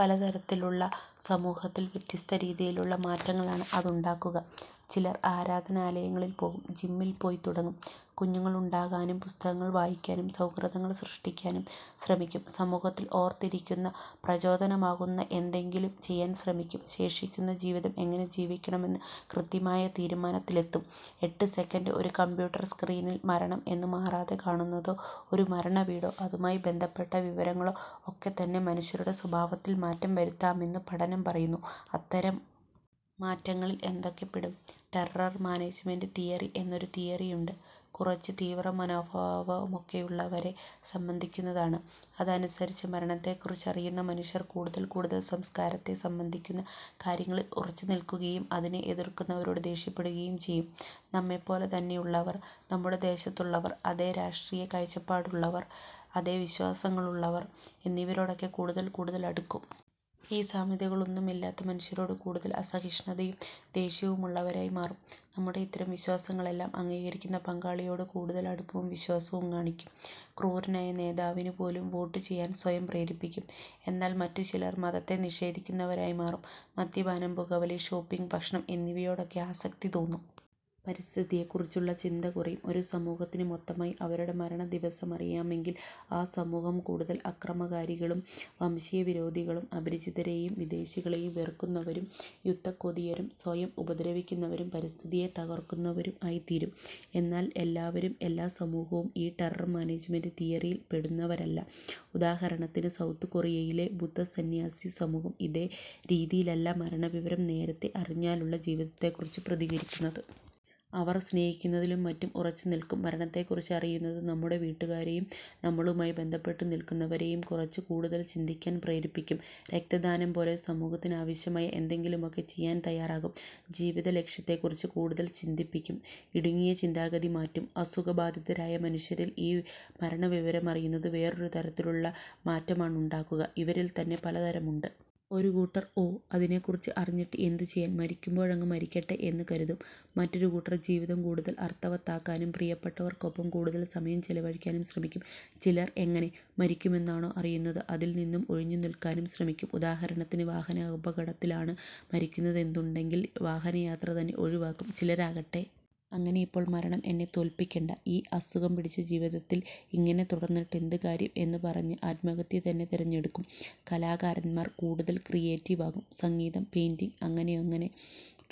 പലതരത്തിലുള്ള സമൂഹത്തിൽ വ്യത്യസ്തരീതിയിലുള്ള മാറ്റങ്ങളാണ് അതുണ്ടാക്കുക. ചിലർ ആരാധനാലയങ്ങളിൽ പോകും, ജിമ്മിൽ പോയിത്തുടങ്ങും, കുഞ്ഞുങ്ങളുണ്ടാകാനും പുസ്തകങ്ങൾ വായിക്കാനും സൗഹൃദങ്ങൾ സൃഷ്ടിക്കാനും ശ്രമിക്കും. സമൂഹത്തിൽ ഓർത്തിരിക്കുന്ന, പ്രചോദനമാകുന്ന എന്തെങ്കിലും ചെയ്യാൻ ശ്രമിക്കും. ശേഷിക്കുന്ന ജീവിതം എങ്ങനെ ജീവിക്കണമെന്ന കൃത്യമായ തീരുമാനത്തിലെത്തും. എട്ട് സെക്കൻഡ് ഒരു കമ്പ്യൂട്ടർ സ്ക്രീനിൽ മരണം എന്ന് മാറാതെ കാണുന്നതോ, ഒരു മരണവീടോ അതുമായി ബന്ധപ്പെട്ട വിവരങ്ങളോ ഒക്കെത്തന്നെ മനുഷ്യരുടെ സ്വഭാവത്തിൽ മാറ്റം വരുത്താമെന്നും പഠനം പറയുന്നു. അത്തരം മാറ്റങ്ങളിൽ എന്തൊക്കെ പെടും. ടെറർ മാനേജ്മെന്റ് തിയറി എന്നൊരു തിയറിയുണ്ട്. കുറച്ച് തീവ്രമനോഭാവമൊക്കെയുള്ളവരെ സംബന്ധിക്കുന്നതാണ്. അതനുസരിച്ച് മരണത്തെക്കുറിച്ചറിയുന്ന മനുഷ്യർ കൂടുതൽ കൂടുതൽ സംസ്കാരത്തെ സംബന്ധിക്കുന്ന കാര്യങ്ങളിൽ ഉറച്ചുനിൽക്കുകയും അതിനെ എതിർക്കുന്നവരോട് ദേഷ്യപ്പെടുകയും ചെയ്യും. നമ്മെപ്പോലെത്തന്നെയുള്ളവർ, നമ്മുടെ ദേശത്തുള്ളവർ, അതേ രാഷ്ട്രീയ കാഴ്ചപ്പാടുള്ളവർ, അതേ വിശ്വാസങ്ങളുള്ളവർ എന്നിവരോടൊക്കെ കൂടുതൽ കൂടുതൽ അടുക്കും. ഈ സാമ്യതകളൊന്നുമില്ലാത്ത മനുഷ്യരോട് കൂടുതൽ അസഹിഷ്ണുതയും ദേഷ്യവുമുള്ളവരായി മാറും. നമ്മുടെ ഇത്തരം വിശ്വാസങ്ങളെല്ലാം അംഗീകരിക്കുന്ന പങ്കാളിയോട് കൂടുതൽ അടുപ്പവും വിശ്വാസവും കാണിക്കും. ക്രൂരനായ നേതാവിനു പോലും വോട്ട് ചെയ്യാൻ സ്വയം പ്രേരിപ്പിക്കും. എന്നാൽ മറ്റുചിലർ മതത്തെ നിഷേധിക്കുന്നവരായി മാറും. മദ്യപാനം, പുകവലി, ഷോപ്പിങ്, ഭക്ഷണം എന്നിവയോടൊക്കെ ആസക്തി തോന്നും. പരിസ്ഥിതിയെക്കുറിച്ചുള്ള ചിന്ത കുറയും. ഒരു സമൂഹത്തിന് മൊത്തമായി അവരുടെ മരണദിവസമറിയുമെങ്കിൽ ആ സമൂഹം കൂടുതൽ അക്രമകാരികളും വംശീയവിരോധികളും അപരിചിതരെയും വിദേശികളെയും വെറുക്കുന്നവരും യുദ്ധക്കൊതിയരും സ്വയം ഉപദ്രവിക്കുന്നവരും പരിസ്ഥിതിയെ തകർക്കുന്നവരും ആയിത്തീരും. എന്നാൽ എല്ലാവരും, എല്ലാ സമൂഹവും ഈ ടെറർ മാനേജ്മെന്റ് തിയറിയിൽ പെടുന്നവരല്ല. ഉദാഹരണത്തിന്, സൗത്ത് കൊറിയയിലെ ബുദ്ധ സന്യാസി സമൂഹം ഇതേ രീതിയിലല്ല മരണവിവരം നേരത്തെ അറിഞ്ഞാലുള്ള ജീവിതത്തെക്കുറിച്ച് പ്രതികരിക്കുന്നത്. അവർ സ്നേഹിക്കുന്നതിലും മറ്റും ഉറച്ചുനിൽക്കും. മരണത്തെക്കുറിച്ചറിയുന്നത് നമ്മുടെ വീട്ടുകാരെയും നമ്മളുമായി ബന്ധപ്പെട്ടുനിൽക്കുന്നവരെയും കുറിച്ച് കൂടുതൽ ചിന്തിക്കാൻ പ്രേരിപ്പിക്കും. രക്തദാനം പോലെ സമൂഹത്തിനാവശ്യമായ എന്തെങ്കിലുമൊക്കെ ചെയ്യാൻ തയ്യാറാകും. ജീവിതലക്ഷ്യത്തെക്കുറിച്ച് കൂടുതൽ ചിന്തിപ്പിക്കും. ഇടുങ്ങിയ ചിന്താഗതി മാറ്റും. അസുഖബാധിതരായ മനുഷ്യരിൽ ഈ മരണവിവരമറിയുന്നത് വേറൊരു തരത്തിലുള്ള മാറ്റമാണുണ്ടാക്കുക. ഇവരിൽ തന്നെ പലതരമുണ്ട്. ഒരു കൂട്ടർ ഓ, അതിനെക്കുറിച്ച് അറിഞ്ഞിട്ട് എന്ത് ചെയ്യാൻ, മരിക്കുമ്പോഴങ്ങ് മരിക്കട്ടെ എന്ന് കരുതും. മറ്റൊരു കൂട്ടർ ജീവിതം കൂടുതൽ അർഥവത്താക്കാനും പ്രിയപ്പെട്ടവർക്കൊപ്പം കൂടുതൽ സമയം ചെലവഴിക്കാനും ശ്രമിക്കും. ചിലർ എങ്ങനെ മരിക്കുമെന്നാണോ അറിയുന്നത്, അതിൽനിന്നും ഒഴിഞ്ഞുനിൽക്കാനും ശ്രമിക്കും. ഉദാഹരണത്തിന്, വാഹനാപകടത്തിലാണ് മരിക്കുന്നതെന്നുണ്ടെങ്കിൽ വാഹനയാത്ര തന്നെ ഒഴിവാക്കും. ചിലരാകട്ടെ, അങ്ങനെയിപ്പോൾ മരണം എന്നെ തോൽപ്പിക്കണ്ട. ഈ അസുഖം പിടിച്ച ജീവിതത്തിൽ ഇങ്ങനെ തുടർന്നിട്ടെന്ത് കാര്യം എന്ന് പറഞ്ഞ് ആത്മഹത്യ തന്നെ തിരഞ്ഞെടുക്കും. കലാകാരന്മാർ കൂടുതൽ ക്രിയേറ്റീവാകും. സംഗീതം, പെയിന്റിങ് അങ്ങനെ അങ്ങനെ.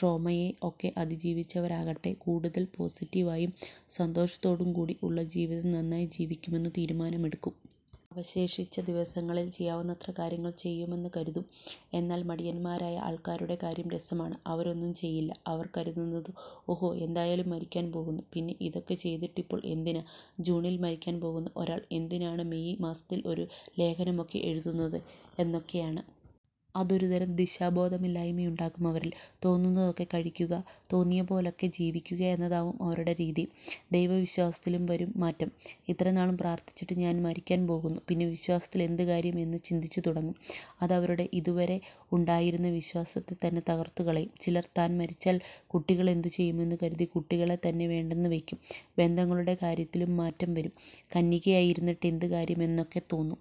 ട്രോമയെ ഒക്കെ അതിജീവിച്ചവരാകട്ടെ കൂടുതൽ പോസിറ്റീവായും സന്തോഷത്തോടും കൂടി ഉള്ള ജീവിതം നന്നായി ജീവിക്കുമെന്ന് തീരുമാനമെടുക്കും. അവശേഷിച്ച ദിവസങ്ങളിൽ ചെയ്യാവുന്നത്ര കാര്യങ്ങൾ ചെയ്യുമെന്ന് കരുതും. എന്നാൽ മടിയന്മാരായ ആൾക്കാരുടെ കാര്യം രസമാണ്. അവരൊന്നും ചെയ്യില്ല. അവർ കരുതുന്നത്, ഓഹ്, എന്തായാലും മരിക്കാൻ പോകുന്നു. പിന്നെ ഇതൊക്കെ ചെയ്തിട്ടിപ്പോൾ എന്തിനാ. ജൂണിൽ മരിക്കാൻ പോകുന്ന ഒരാൾ എന്തിനാണ് മേയ് മാസത്തിൽ ഒരു ലേഖനമൊക്കെ എഴുതുന്നത് എന്നൊക്കെയാണ്. അതൊരുതരം ദിശാബോധമില്ലായ്മ ഉണ്ടാക്കും അവരിൽ. തോന്നുന്നതൊക്കെ കഴിക്കുക, തോന്നിയപോലെയൊക്കെ ജീവിക്കുക എന്നതാവും അവരുടെ രീതി. ദൈവവിശ്വാസത്തിലും വരും മാറ്റം. ഇത്രനാളും പ്രാർഥിച്ചിട്ടും ഞാൻ മരിക്കാൻ പോകുന്നു. പിന്നെ വിശ്വാസത്തിലെന്ത് കാര്യം എന്ന് ചിന്തിച്ചുതുടങ്ങും. അതവരുടെ അതുവരെ ഉണ്ടായിരുന്ന വിശ്വാസത്തെത്തന്നെ തകർത്തുകളയും. ചിലർ താൻ മരിച്ചാൽ കുട്ടികളെന്ത് ചെയ്യുമെന്ന് കരുതി കുട്ടികളെ തന്നെ വേണ്ടെന്നുവയ്ക്കും. ബന്ധങ്ങളുടെ കാര്യത്തിലും മാറ്റം വരും. കന്യകയായി ഇരുന്നിട്ടെന്ത് കാര്യം എന്നൊക്കെ തോന്നും.